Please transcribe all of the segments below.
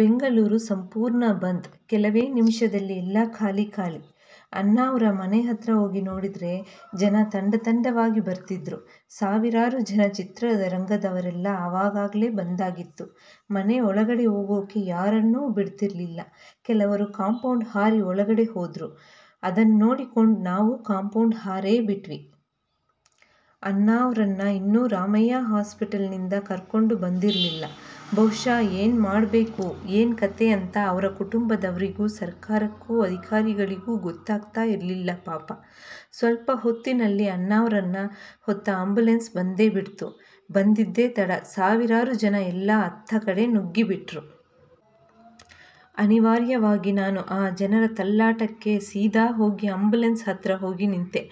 ಬೆಂಗಳೂರು ಸಂಪೂರ್ಣ ಬಂದ್. ಕೆಲವೇ ನಿಮಿಷದಲ್ಲಿ ಎಲ್ಲಾ ಖಾಲಿ ಖಾಲಿ, ಅಣ್ಣಾವ್ರ ಮನೆ ಹತ್ರ ಹೋಗಿ ನೋಡಿದ್ರೆ ಜನ ತಂಡ ತಂಡವಾಗಿ ಬರ್ತಿದ್ರು ಸಾವಿರಾರು ಜನ, ಚಿತ್ರರಂಗದವ್ರೆಲ್ಲ ಅವಾಗಾಗ್ಲೆ ಬಂದಾಗಿತ್ತು.. ಮನೆ ಒಳಗಡೆ ಹೋಗೋಕೆ ಯಾರನ್ನೂ ಬಿಡ್ತಿರ್ಲಿಲ್ಲ, ಕೆಲವರು ಕಾಂಪೌಂಡ್ ಹಾರಿ ಒಳಗಡೆ ಹೋದ್ರು, ಅದನ್ನೋಡಿಕೊಂಡ್ ನಾವೂ ಕಾಂಪೌಂಡ್ ಹಾರೆಬಿಟ್ವಿ. ಅಣ್ಣಾವ್ರನ್ನ ಇನ್ನೂ ರಾಮಯ್ಯ ಹಾಸ್ಪಿಟಲ್ನಿಂದ ಕರ್ಕೊಂಡ್ ಬಂದಿರಲಿಲ್ಲ, ಬಹುಶಃ ಏನ್ ಮಾಡ್ಬೇಕು, ಏನ್ ಕತೆ ಅಂತ ಅವ್ರ ಕುಟುಂಬದವ್ರಿಗೂ, ಸರಕಾರಕ್ಕೂ, ಅಧಿಕಾರಿಗಳಿಗೂ ಗೊತ್ತಾಗ್ತಾ ಇರ್ಲಿಲ್ಲ ಪಾಪ. ಸ್ವಲ್ಪ ಹೊತ್ತಿನಲ್ಲಿ ಅಣ್ಣಾವ್ರನ್ನ ಹೊತ್ತ ಅಂಬುಲನ್ಸ್ ಬಂದೇ ಬಿಡ್ತು. ಬಂದಿದ್ದೆ ತಡ ಸಾವಿರಾರು ಜನ ಎಲ್ಲ ಅತ್ತ ಕಡೆ ನುಗ್ಗಿಬಿಟ್ರು. ಅನಿವಾರ್ಯವಾಗಿ ನಾನೂ ಆ ಜನರ ತಳ್ಳಾಟಕ್ಕೆ ಸೀದಾ ಹೋಗಿ ಅಂಬುಲನ್ಸ್ ಹತ್ರ ಹೋಗಿ ನಿಂತೇ,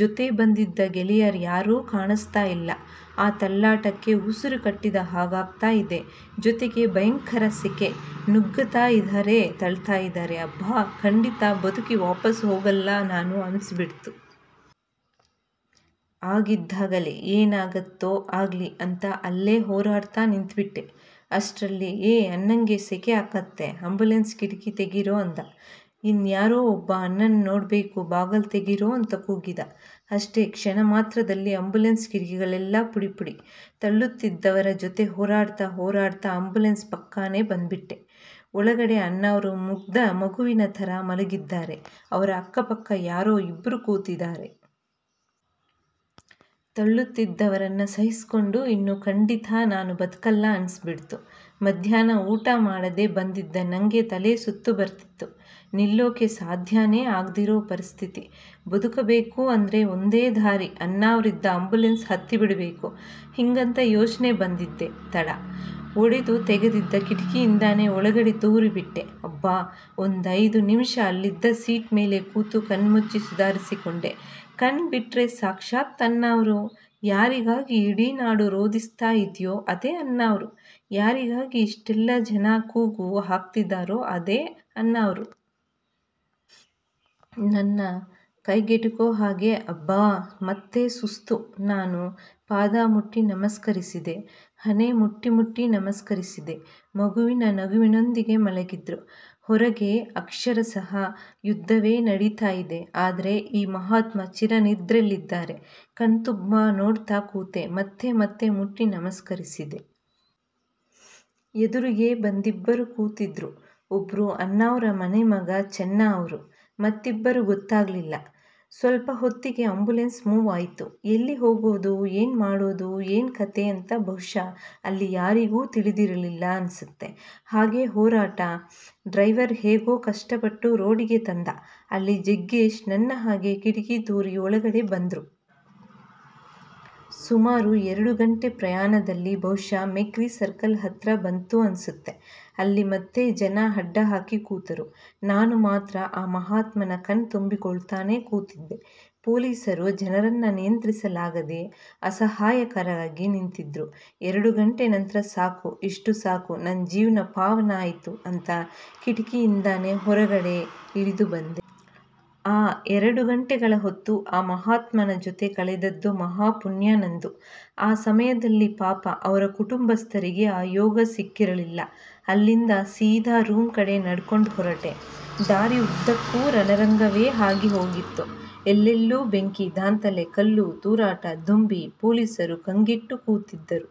ಜೊತೆ ಬಂದಿದ್ದ ಗೆಳೆಯರ್ಯಾರೂ ಕಾಣಿಸ್ತಾ ಇಲ್ಲ, ಆ ತಳ್ಳಾಟಕ್ಕೆ, ಉಸಿರು ಕಟ್ಟಿದ ಹಾಗಾಗ್ತಾ ಇದೆ. ಜೊತೆಗೆ ಭಯಂಕರ ಸೆಖೆ, ನುಗ್ಗತಾ ಇದಾರೆ, ತಳ್ತಾ ಇದಾರೆ. ಅಬ್ಬಾ ಖಂಡಿತ ಬದುಕಿ ವಾಪಸ್ ಹೋಗಲ್ಲ ನಾನು ಅನ್ನಿಸ್ಬಿಡ್ತು. ಆಗಿದ್ದಾಗಲಿ, ಏನ್ ಆಗತ್ತೊ ಆಗ್ಲಿ ಅಂತ ಅಲ್ಲೇ ಹೊರಾಡ್ತ ನಿಂತ್ಬಿಟ್ಟೆ. ಅಷ್ಟರಲ್ಲಿ "ಏ ಅಣ್ಣಂಗೆ ಸೆಖೆ ಆಗತ್ತೆ ಆಂಬುಲೆನ್ಸ್ ಕಿಟಕಿ ತೆಗಿರೋ ಅಂದ. ಇನ್ ಯಾರೊ ಒಬ್ಬ ಅಣ್ಣನ್ನ ನೋಡ್ಬೇಕು ಬಾಗಲ್ ತೆಗಿರೋ' ಅಂತ ಕೂಗಿದ. ಅಷ್ಟೇ.. ಕ್ಷಣಮಾತ್ರದಲ್ಲಿ ಅಂಬುಲನ್ಸ್ ಕಿಟಕಿಗಳೆಲ್ಲ ಪುಡಿ ಪುಡಿ. ತಳ್ಳುತ್ತಿದ್ದವರ ಜೊತೆ ಹೊರಾಡ್ತ ಹೊರಾಡ್ತ ಅಂಬುಲನ್ಸ್ ಪಕ್ಕಾನೆ ಬಂದ್ಬಿಟ್ಟೆ, ಒಳಗಡೆ ಅಣ್ಣಾವ್ರು ಮುಗ್ದ ಮಗುವಿನ ಥರ ಮಲಗಿದ್ದಾರೆ, ಅವ್ರ ಅಕ್ಕಪಕ್ಕ ಯಾರೋ ಇಬ್ರು ಕೂತಿದಾರೆ. ತಳ್ಳುತ್ತಿದ್ದವರನ್ನ ಸಹಿಸ್ಕೊಂಡ್ ಇನ್ನು ಖಂಡಿತ ನಾನು ಬದುಕಲ್ಲ ಅನ್ನಿಸ್ಬಿಡ್ತು. ಮಧ್ಯಾಹ್ನ ಊಟ ಮಾಡದೆ ಬಂದಿದ್ದ ನಂಗೆ ತಲೆ ಸುತ್ತು ಬರ್ತಿತ್ತು. ನಿಲ್ಲೋಕೆ ಸಾಧ್ಯನೆ ಆಗ್ದಿರೊ ಪರಿಸ್ಥಿತಿ, ಬದುಕಬೇಕು ಅಂದ್ರೆ ಒಂದೇ ದಾರಿ ಅಣ್ಣಾವ್ರಿದ್ದ ಅಂಬುಲನ್ಸ್ ಹತ್ತಿಬಿಡಬೇಕು ಹಿಂಗಂತ ಯೋಚ್ನೆ ಬಂದಿದ್ದೆ ತಡ, ಒಡೆದು ತೆಗದಿದ್ದ ಕಿಟಕಿಇಂದಾನೆ ಒಳಗೆ ತೂರಿಬಿಟ್ಟೆ, ಅಬ್ಬಾ ಒಂದೈದು ನಿಮಿಷ ಅಲ್ಲಿದ್ದ ಸೀಟ್ ಮೇಲೆ ಕೂತು ಕಣ್ಮುಚ್ಚಿ ಸುಧಾರಿಸಿಕೊಂಡೆ, ಕಣ್ ಬಿಟ್ರೆ ಸಾಕ್ಷಾತ್ ಅಣ್ಣಾವ್ರು, ಯಾರಿಗಾಗಿ ಇಡೀ ನಾಡು ರೋದಿಸ್ತಾ ಇದ್ಯೋ ಅದೇ ಅಣ್ಣಾವ್ರು, ಯಾರಿಗಾಗಿ ಇಷ್ಟೆಲ್ಲ ಜನ ಕೂಗು ಹಾಕ್ತಿದಾರೋ ಅದೇ ಅಣ್ಣಾವ್ರು.. ನನ್ನ ಕೈಗೆಟುಕೊ ಹಾಗೆ ಅಬ್ಬಾ, ಮತ್ತೆ ಸುಸ್ತು ನಾನು, ಪಾದ ಮುಟ್ಟಿ ನಮಸ್ಕರಿಸಿದೆ. ಹಣೆ ಮುಟ್ಟಿ ಮುಟ್ಟಿ ನಮಸ್ಕರಿಸಿದೆ, ಮಗುವಿನ ನಗುವಿನೊಂದಿಗೆ ಮಲಗಿದ್ರು, ಹೊರಗೆ ಅಕ್ಷರಶಃ ಯುದ್ಧವೇ ನಡೀತಾ ಇದೆ, ಆದ್ರೆ ಈ ಮಹಾತ್ಮ ಚಿರ ನಿದ್ರೆಲಿದಾರೆ. ಕಣ್ತುಂಬ ನೋಡ್ತಾ ಕೂತೆ, ಮತ್ತೆ ಮತ್ತೆ ಮುಟ್ಟಿ ನಮಸ್ಕರಿಸಿದೆ. ಎದುರಿಗೆ ಒಂದಿಬ್ಬರು ಕೂತಿದ್ರು, ಒಬ್ರು ಅಣ್ಣಾವ್ರ ಮನೆಮಗ ಚೆನ್ನ ಅವ್ರು, ಮತ್ತಿಬ್ಬರು ಗೊತ್ತಾಗ್ಲಿಲ್ಲ. ಸ್ವಲ್ಪ ಹೊತ್ತಿಗೆ ಅಂಬುಲನ್ಸ್ ಮೂವ್ ಆಯಿತು, ಎಲ್ಲಿ ಹೋಗೋದು, ಏನ್ ಮಾಡೋದು, ಏನ್ ಕತೆ ಅಂತ ಬಹುಶಃ ಅಲ್ಲಿ ಯಾರಿಗೂ ತಿಳಿದಿರಲಿಲ್ಲ ಅನ್ಸತ್ತೆ, ಹಾಗೆ ಹೊರಟ ಡ್ರೈವರ್ ಹೇಗೋ ಕಷ್ಟಪಟ್ಟು ರೋಡಿಗೆ ತಂದ, ಅಲ್ಲಿ ಜಗ್ಗೇಶ್ ನನ್ ಹಾಗೆ ಕಿಟಕಿ ತೂರಿ ಒಳಗಡೆ ಬಂದ್ರು. ಸುಮಾರು ಎರಡು ಗಂಟೆ ಪ್ರಯಾಣದಲ್ಲಿ ಬಹುಶಃ ಮೆಕ್ರಿ ಸರ್ಕಲ್ ಹತ್ರ ಬಂತು ಅನ್ಸತ್ತೆ, ಅಲ್ಲಿ ಮತ್ತೆ ಜನ ಅಡ್ಡ ಹಾಕಿ ಕೂತರು. ನಾನು ಮಾತ್ರ ಆ ಮಹಾತ್ಮನ್ನ ಕಣ್ ತುಂಬಿಕೊಳ್ತಾನೆ ಕೂತಿದ್ದೆ, ಪೊಲೀಸರು ಜನರನ್ನ ನಿಯಂತ್ರಿಸಲಾಗದೆ ಅಸಹಾಯಕರಾಗಿ ನಿಂತಿದ್ರು, ಎರಡು ಗಂಟೆ ನಂತ್ರ ಸಾಕು ಇಷ್ಟು ಸಾಕು ನನ್ ಜೀವ್ನ ಪಾವನ ಆಯಿತು ಅಂತ ಕಿಟಕಿ ಇಂದಾನೆ ಹೊರಗೆ ಇಳಿದುಬಂದೆ. ಆ ಎರಡು ಗಂಟೆಗಳ ಹೊತ್ತು ಆ ಮಹಾತ್ಮನ ಜೊತೆ ಕಳೆದದ್ದು ಮಹಾ ಪುಣ್ಯ ನಂದು. ಆ ಸಮಯದಲ್ಲಿ ಪಾಪ ಅವ್ರ ಕುಟುಂಬಸ್ತರಿಗೆ ಆ ಯೋಗ ಸಿಕ್ಕಿರಲಿಲ್ಲ, ಅಲ್ಲಿಂದ ಸೀದಾ ರೂಮ್ ಕಡೆ ನಡ್ಕೊಂಡ್ ಹೊರಟೆ ದಾರಿ ಉದ್ದಕೂ ರಣರಂಗವೆ ಆಗಿ ಹೋಗಿತ್ತು, ಎಲ್ಲೆಲ್ಲೂ ಬೆಂಕಿ, ದಾಂಧಲೆ, ಕಲ್ಲು ತೂರಾಟ, ದೊಂಬಿ, ಪೊಲೀಸರು ಕಂಗೆಟ್ಟು ಕೂತಿದ್ದರು.